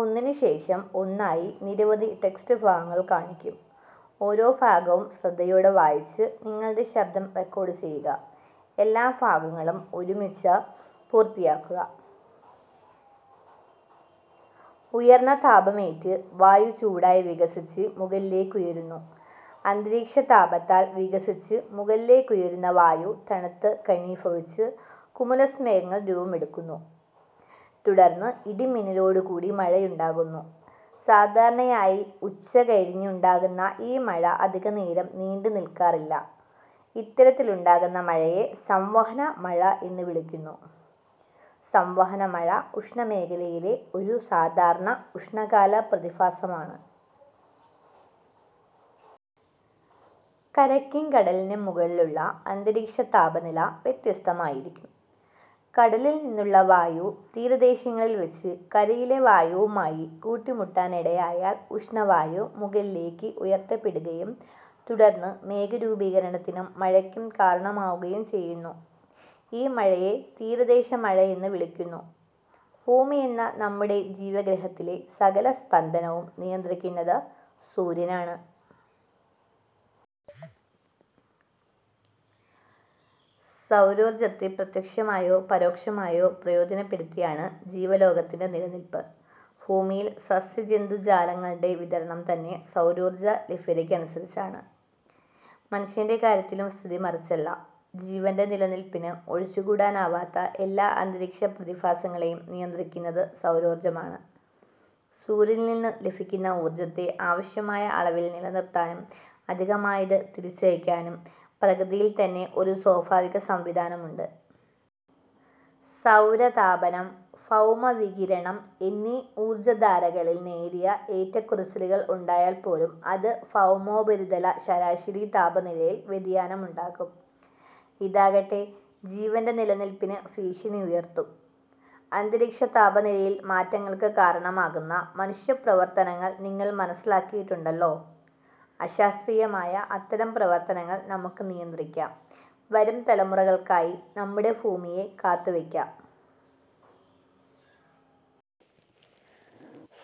ഉയർന്ന താപമേറ്റ് വായു ചൂടായി വികസിച്ച് മുകളിലേക്കുയരുന്നു. അന്തരീക്ഷതാപത്താൽ വികസിച്ച് മുകളിലേക്കുയരുന്ന വായു തണുത്ത് ഘനീഭവിച്ച് കുമുലസ് മേഘങ്ങൾ രൂപമെടുക്കുന്നു. തുടർന്ന് ഇടിമിന്നലോടു കൂടി മഴയുണ്ടാകുന്നു. സാധാരണയായി ഉച്ചകഴിഞ്ഞുണ്ടാകുന്ന ഈ മഴ അധികനേരം നീണ്ടുനിൽക്കാറില്ല. ഇത്തരത്തിലുണ്ടാകുന്ന മഴയെ സംവഹന മഴ എന്നു വിളിക്കുന്നു. സംവഹനമഴ ഉഷ്ണമേഖലയിലെ ഒരു സാധാരണ ഉഷ്ണകാല പ്രതിഭാസമാണ്. കരയ്ക്കും കടലിനും മുകളിലുള്ള അന്തരീക്ഷതാപനില വ്യത്യസ്തമായിരിക്കും. കടലിൽ നിന്നുള്ള വായു തീരദേശങ്ങളിൽ വച്ച് കരയിലെ വായുവുമായി കൂട്ടിമുട്ടാനിടയായാൽ ഉഷ്ണവായു മുകളിലേക്ക് ഉയർത്തപ്പെടുകയും തുടർന്ന് മേഘരൂപീകരണത്തിനും മഴയ്ക്കും കാരണമാവുകയും ചെയ്യുന്നു. ഈ മഴയെ തീരദേശ മഴ എന്ന് വിളിക്കുന്നു. ഭൂമിയെന്ന നമ്മുടെ ജീവഗ്രഹത്തിലെ സകല സ്പന്ദനവും നിയന്ത്രിക്കുന്നത് സൂര്യനാണ്. സൗരോർജത്തെ പ്രത്യക്ഷമായോ പരോക്ഷമായോ പ്രയോജനപ്പെടുത്തിയാണ് ജീവലോകത്തിന്റെ നിലനിൽപ്പ്. ഭൂമിയിൽ സസ്യ ജന്തുജാലങ്ങളുടെ വിതരണം തന്നെ സൗരോർജ ലഭ്യതയ്ക്കനുസരിച്ചാണ്. മനുഷ്യന്റെ കാര്യത്തിലും സ്ഥിതി മറിച്ചല്ല. ജീവന്റെ നിലനിൽപ്പിന് ഒഴിച്ചു കൂടാനാവാത്ത എല്ലാ അന്തരീക്ഷപ്രതിഭാസങ്ങളെയും നിയന്ത്രിക്കുന്നത് സൗരോർജമാണ്. സൂര്യനിൽനിന്നു ലഭിക്കുന്ന ഊർജത്തെ ആവശ്യമായ അളവിൽ നിലനിർത്താനും അധികമായത് തിരിച്ചയയ്ക്കാനും പ്രകൃതിയിൽത്തന്നെ ഒരു സ്വാഭാവിക സംവിധാനമുണ്ട്. സൗരതാപനം, ഭൗമവികിരണം എന്നീ ഊർജധാരകളിൽ നേരിയ ഏറ്റക്കുറച്ചിലുകൾ ഉണ്ടായാൽ പോലും അത് ഭൗമോപരിതല ശരാശരി താപനിലയിൽ വ്യതിയാനമുണ്ടാക്കും. ഇതാകട്ടെ, ജീവന്റെ നിലനിൽപ്പിന് ഭീഷണിയുയർത്തും. അന്തരീക്ഷതാപനിലയിൽ മാറ്റങ്ങൾക്ക് കാരണമാകുന്ന മനുഷ്യപ്രവർത്തനങ്ങൾ നിങ്ങൾ മനസ്സിലാക്കിയിട്ടുണ്ടല്ലോ. അശാസ്ത്രീയമായ അത്തരം പ്രവർത്തനങ്ങൾ നമുക്ക് നിയന്ത്രിക്കാം. വരും തലമുറകൾക്കായി നമ്മുടെ ഭൂമിയെ കാത്തുവയ്ക്കാം.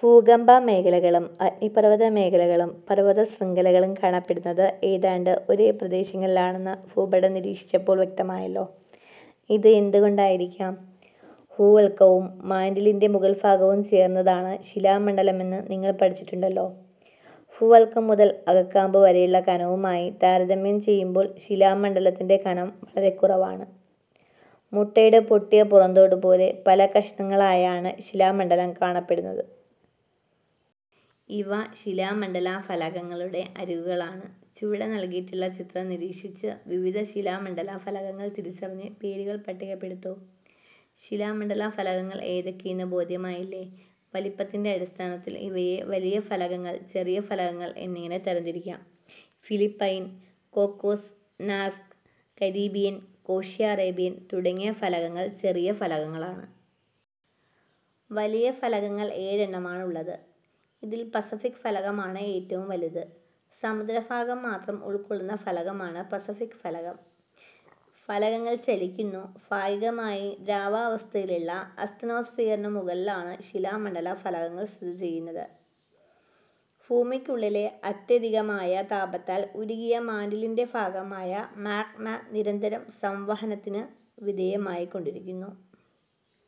ഭൂകമ്പമേഖലകളും അഗ്നിപർവതമേഖലകളും പർവതശൃംഖലകളും കാണപ്പെടുന്നത് ഏതാണ്ട് ഒരേ പ്രദേശങ്ങളിലാണെന്ന് ഭൂപടം നിരീക്ഷിച്ചപ്പോൾ വ്യക്തമായല്ലോ. ഇത് എന്തുകൊണ്ടായിരിക്കാം? ഭൂവൽക്കവും മാന്റിലിന്റെ മുകൾഭാഗവും ചേർന്നതാണ് ശിലാമണ്ഡലമെന്ന് നിങ്ങൾ പഠിച്ചിട്ടുണ്ടല്ലോ. ഭൂവൽക്കം മുതൽ അകക്കാമ്പു വരെയുള്ള കനവുമായി താരതമ്യം ചെയ്യുമ്പോൾ ശിലാമണ്ഡലത്തിന്റെ കനം വളരെ കുറവാണ്. മുട്ടയുടെ പൊട്ടിയ പുറന്തോടുപോലെ പല കഷണങ്ങളായാണ് ശിലാമണ്ഡലം കാണപ്പെടുന്നത്. ഇവ ശിലാമണ്ഡലഫലകങ്ങളുടെ അരികുകളാണ്. ചുവടെ നൽകിയിട്ടുള്ള ചിത്രം നിരീക്ഷിച്ച് വിവിധ ശിലാമണ്ഡലഫലകങ്ങൾ തിരിച്ചറിഞ്ഞ് പേരുകൾ പട്ടികപ്പെടുത്തൂ. ശിലാമണ്ഡലഫലകങ്ങൾ ഏതൊക്കെയെന്ന് ബോധ്യമായില്ലേ. വലിപ്പത്തിന്റെ അടിസ്ഥാനത്തിൽ ഇവയെ വലിയ ഫലകങ്ങൾ, ചെറിയ ഫലകങ്ങൾ എന്നിങ്ങനെ തരംതിരിക്കാം. ഫിലിപ്പൈൻ, കോക്കോസ്, നാസ്ക്, കരീബിയൻ, കോഷ്യ, അറേബ്യൻ തുടങ്ങിയ ഫലകങ്ങൾ ചെറിയ ഫലകങ്ങളാണ്. വലിയ ഫലകങ്ങൾ ഏഴെണ്ണമാണുള്ളത്. ഇതിൽ പസഫിക് ഫലകമാണ് ഏറ്റവും വലുത്. സമുദ്രഭാഗം മാത്രം ഉൾക്കൊള്ളുന്ന ഫലകമാണ് പസഫിക് ഫലകം. ഫലകങ്ങൾ ചലിക്കുന്നു. ഭാഗികമായി ദ്രവാവസ്ഥയിലുള്ള അസ്തനോസ്ഫിയറിനു മുകളിലാണ് ശിലാ മണ്ഡലഫലകങ്ങൾ സ്ഥിതിചെയ്യുന്നത്. ഭൂമിക്കുള്ളിലെ അത്യധികമായ താപത്താൽ ഉരുകിയ മാന്റിലിന്റെ ഭാഗമായ മാഗ്മ നിരന്തരം സംവഹനത്തിന് വിധേയമായിക്കൊണ്ടിരിക്കുന്നു.